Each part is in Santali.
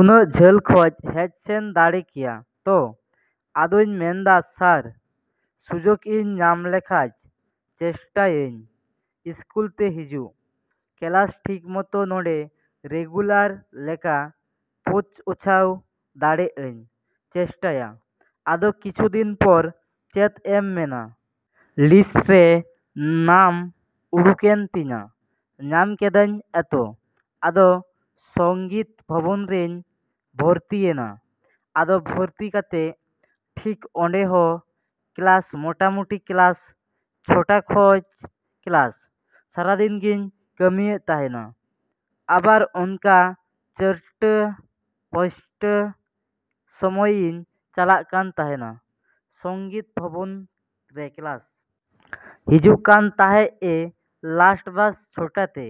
ᱩᱱᱟᱹᱜ ᱡᱷᱟᱹᱞ ᱠᱷᱚᱡ ᱦᱮᱡ ᱥᱮᱱ ᱫᱟᱲᱮ ᱠᱮᱭᱟ ᱛᱚ? ᱟᱫᱚᱧ ᱢᱮᱱᱫᱟ, ᱥᱟᱨ, ᱥᱩᱡᱳᱜ ᱤᱧ ᱧᱟᱢ ᱞᱮᱠᱷᱟᱡ ᱪᱮᱥᱴᱟᱭᱟᱹᱧ ᱤᱥᱠᱩᱞ ᱛᱮ ᱦᱤᱡᱩᱜ᱾ ᱠᱮᱞᱟᱥ ᱴᱷᱤᱠ ᱢᱚᱛᱚ ᱱᱚᱰᱮ ᱨᱮᱜᱩᱞᱟᱨ ᱞᱮᱠᱟ ᱯᱳᱪᱷᱳᱪᱷᱟᱣ ᱫᱟᱲᱮᱜ ᱟᱹᱧ ᱪᱮᱥᱴᱟᱭᱟ᱾ ᱟᱫᱚ ᱠᱤᱪᱷᱩ ᱫᱤᱱ ᱯᱚᱨ ᱪᱮᱫ ᱮᱢ ᱢᱮᱱᱟ? ᱞᱤᱥᱴ ᱨᱮ ᱱᱟᱢ ᱩᱰᱩᱠᱮᱱ ᱛᱤᱧᱟ᱾ ᱧᱟᱢ ᱠᱮᱫᱟᱧ ᱮᱛᱚ᱾ ᱟᱫᱚ ᱥᱚᱝᱜᱤᱛ ᱵᱷᱚᱵᱚᱱ ᱨᱤᱧ ᱵᱷᱚᱨᱛᱤ ᱭᱮᱱᱟ᱾ ᱟᱫᱚ ᱵᱷᱚᱨᱛᱤ ᱠᱟᱛᱮᱜ ᱴᱷᱤᱠ ᱚᱱᱰᱮ ᱦᱚᱸ ᱠᱮᱞᱟᱥ ᱢᱳᱴᱟᱢᱩᱴᱤ ᱠᱮᱞᱟᱥ ᱪᱷᱚᱴᱟ ᱠᱷᱚᱡ ᱠᱮᱞᱟᱥ᱾ ᱥᱟᱨᱟᱫᱤᱱ ᱜᱤᱧ ᱠᱟᱹᱢᱤᱭᱮᱜ ᱛᱟᱸᱦᱮᱱᱟ᱾ ᱟᱵᱟᱨ ᱚᱱᱠᱟ ᱪᱟᱹᱨᱴᱟ ᱯᱟᱸᱪᱴᱟ ᱥᱚᱢᱚᱭ ᱤᱧ ᱪᱟᱞᱟᱜ ᱠᱟᱱ ᱛᱟᱸᱦᱮᱱᱟ ᱥᱚᱝᱜᱤᱛ ᱵᱷᱚᱵᱚᱱᱨᱮ ᱠᱮᱞᱟᱥ᱾ ᱦᱤᱡᱩᱜ ᱠᱟᱱ ᱛᱟᱸᱦᱮᱜ-ᱮ ᱞᱟᱥᱴ ᱵᱟᱥ ᱪᱷᱚᱴᱟ ᱛᱮ᱾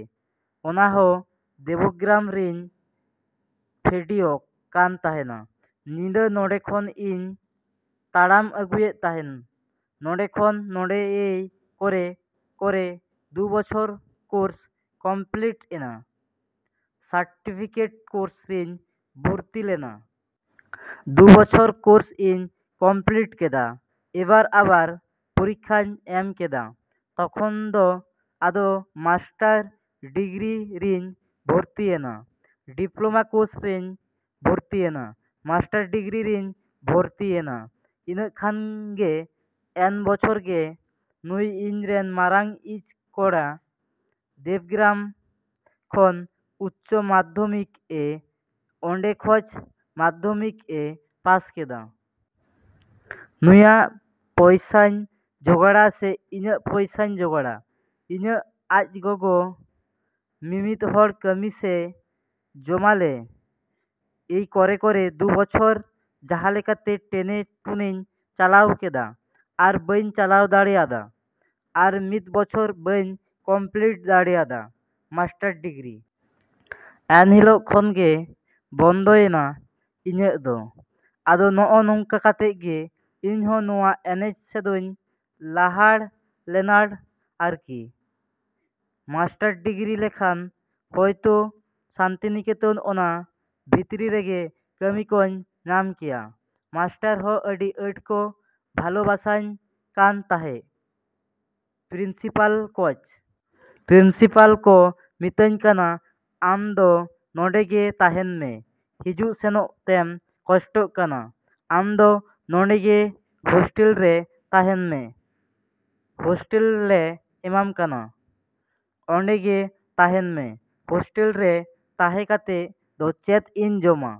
ᱚᱱᱟᱦᱚᱸ ᱫᱮᱵᱚᱜᱨᱟᱢ ᱨᱤᱧ ᱯᱷᱮᱰᱤᱚᱜ ᱠᱟᱱ ᱛᱟᱸᱦᱮᱱᱟ᱾ ᱧᱤᱫᱟᱹ ᱱᱚᱰᱮ ᱠᱷᱚᱱ ᱤᱧ ᱛᱟᱲᱟᱢ ᱟᱹᱜᱩᱭᱮᱜ ᱛᱟᱸᱦᱮᱱ᱾ ᱱᱚᱰᱮ ᱠᱷᱚᱱ ᱱᱚᱰᱮ ᱮᱭ ᱠᱚᱨᱮ ᱠᱚᱨᱮ ᱫᱩ ᱵᱚᱪᱷᱚᱨ ᱠᱳᱨᱥ ᱠᱚᱢᱯᱤᱞᱤᱴ ᱮᱱᱟ᱾ ᱥᱟᱨᱴᱤᱯᱷᱤᱠᱮᱴ ᱠᱳᱨᱥ ᱨᱤᱧ ᱵᱷᱚᱨᱛᱤ ᱞᱮᱱᱟ᱾ ᱫᱩ ᱵᱚᱪᱷᱚᱨ ᱠᱳᱨᱥ ᱤᱧ ᱠᱳᱢᱯᱤᱞᱤᱴ ᱠᱮᱫᱟ᱾ ᱮᱵᱟᱨ ᱟᱵᱟᱨ ᱯᱚᱨᱤᱠᱠᱷᱟᱧ ᱮᱢ ᱠᱮᱫᱟ᱾ ᱛᱚᱠᱷᱚᱱ ᱫᱚ ᱟᱫᱚ ᱢᱟᱥᱴᱟᱨ ᱰᱤᱜᱽᱨᱤ ᱨᱤᱧ ᱵᱷᱚᱨᱛᱤᱭᱮᱱᱟ᱾ ᱰᱤᱯᱞᱳᱢᱟ ᱠᱳᱨᱥ ᱨᱤᱧ ᱵᱷᱚᱨᱛᱤᱭᱮᱱᱟ᱾ ᱢᱟᱥᱴᱟᱨ ᱰᱤᱜᱽᱨᱤ ᱨᱤᱧ ᱵᱷᱚᱨᱛᱤ ᱭᱮᱱᱟ᱾ ᱤᱱᱟᱹᱜ ᱠᱷᱟᱱᱜᱮ ᱮᱱ ᱵᱚᱪᱷᱚᱨᱜᱮ ᱱᱩᱭ ᱤᱧ ᱨᱮᱱ ᱢᱟᱨᱟᱝ ᱤᱪ ᱠᱚᱲᱟ ᱫᱮᱵᱜᱨᱟᱢ ᱠᱷᱚᱱ ᱩᱪᱪᱚ ᱢᱟᱫᱽᱫᱷᱚᱢᱤᱠ ᱮ, ᱚᱱᱰᱮ ᱠᱷᱚᱡ ᱢᱟᱫᱽᱫᱷᱚᱢᱤᱠ ᱮ ᱯᱟᱥ ᱠᱮᱫᱟ᱾ ᱱᱩᱭᱟᱜ ᱯᱚᱭᱥᱟᱧ ᱡᱚᱜᱟᱲᱟ ᱥᱮ ᱤᱧᱟᱹᱜ ᱯᱚᱭᱥᱟᱧ ᱡᱚᱜᱟᱲᱟ? ᱤᱧᱟᱹᱜ ᱟᱡ ᱜᱚᱜᱚ ᱢᱤᱢᱤᱫ ᱦᱚᱲ ᱠᱟᱹᱢᱤ ᱥᱮ ᱡᱚᱢᱟᱞᱮ᱾ ᱮᱭ ᱠᱚᱨᱮ ᱠᱚᱨᱮ ᱫᱩ ᱵᱚᱪᱷᱚᱨ ᱡᱟᱸᱦᱟ ᱞᱮᱠᱟᱛᱮ ᱴᱮᱱᱮ ᱴᱩᱱᱮᱧ ᱪᱟᱞᱟᱣ ᱠᱮᱫᱟ ᱟᱨ ᱵᱟᱹᱧ ᱪᱟᱞᱟᱣ ᱫᱟᱲᱮ ᱟᱫᱟ᱾ ᱟᱨ ᱢᱤᱫ ᱵᱚᱪᱷᱚᱨ ᱵᱟᱹᱧ ᱠᱚᱢᱯᱤᱞᱤᱴ ᱫᱟᱲᱮᱭᱟᱫᱟ ᱢᱟᱥᱴᱟᱨ ᱰᱤᱜᱽᱨᱤ᱾ ᱮᱱᱦᱤᱞᱳᱜ ᱠᱷᱚᱱᱜᱮ ᱵᱚᱱᱫᱚᱭ ᱮᱱᱟ ᱤᱧᱟᱹᱜ ᱫᱚ᱾ ᱟᱫᱚ ᱱᱚᱜ ᱚ ᱱᱚᱝᱠᱟ ᱠᱟᱛᱮᱜ ᱜᱮ ᱤᱧᱦᱚᱸ ᱱᱚᱣᱟ ᱮᱱᱮᱡ ᱥᱮᱫᱚᱧ ᱞᱟᱦᱟᱲ ᱞᱮᱱᱟᱲ ᱟᱨᱠᱤ᱾ ᱢᱟᱥᱴᱟᱨ ᱰᱤᱜᱽᱨᱤ ᱞᱮᱠᱷᱟᱱ ᱦᱳᱭᱛᱳ ᱥᱟᱱᱛᱤᱱᱤᱠᱮᱛᱚᱱ ᱚᱱᱟ ᱵᱷᱤᱛᱨᱤ ᱨᱮᱜᱮ ᱠᱟᱹᱢᱤ ᱠᱚᱧ ᱧᱟᱢ ᱠᱮᱭᱟ᱾ ᱢᱟᱥᱴᱟᱨ ᱦᱚᱸ ᱟᱹᱰᱤ ᱟᱸᱴ ᱠᱚ ᱵᱷᱟᱞᱳᱵᱟᱥᱟᱧ ᱠᱟᱱ ᱛᱟᱸᱦᱮᱜ ᱯᱨᱤᱱᱥᱤᱯᱟᱞ ᱠᱚᱡ᱾ ᱯᱨᱤᱱᱥᱤᱯᱟᱞ ᱠᱚ ᱢᱤᱛᱟᱹᱧ ᱠᱟᱱᱟ, ᱟᱢ ᱫᱚ ᱱᱚᱰᱮᱜᱮ ᱛᱟᱸᱦᱮᱱ ᱢᱮ᱾ ᱦᱤᱡᱩᱜ ᱥᱮᱱᱚᱜ ᱛᱮᱢ ᱠᱚᱥᱴᱚᱜ ᱠᱟᱱᱟ᱾ ᱟᱢ ᱫᱚ ᱱᱚᱰᱮ ᱜᱮ ᱦᱚᱥᱴᱮᱞ ᱨᱮ ᱛᱟᱸᱦᱮᱱ ᱢᱮ᱾ ᱦᱚᱥᱴᱮᱞᱞᱮ ᱮᱢᱟᱢ ᱠᱟᱱᱟ᱾ ᱚᱱᱰᱮ ᱜᱮ ᱛᱟᱸᱦᱮᱱ ᱢᱮ᱾ᱦᱚᱥᱴᱮᱞᱨᱮ ᱛᱟᱸᱦᱮ ᱠᱟᱛᱮᱜ ᱫᱚ ᱪᱮᱫ ᱤᱧ ᱡᱚᱢᱟ?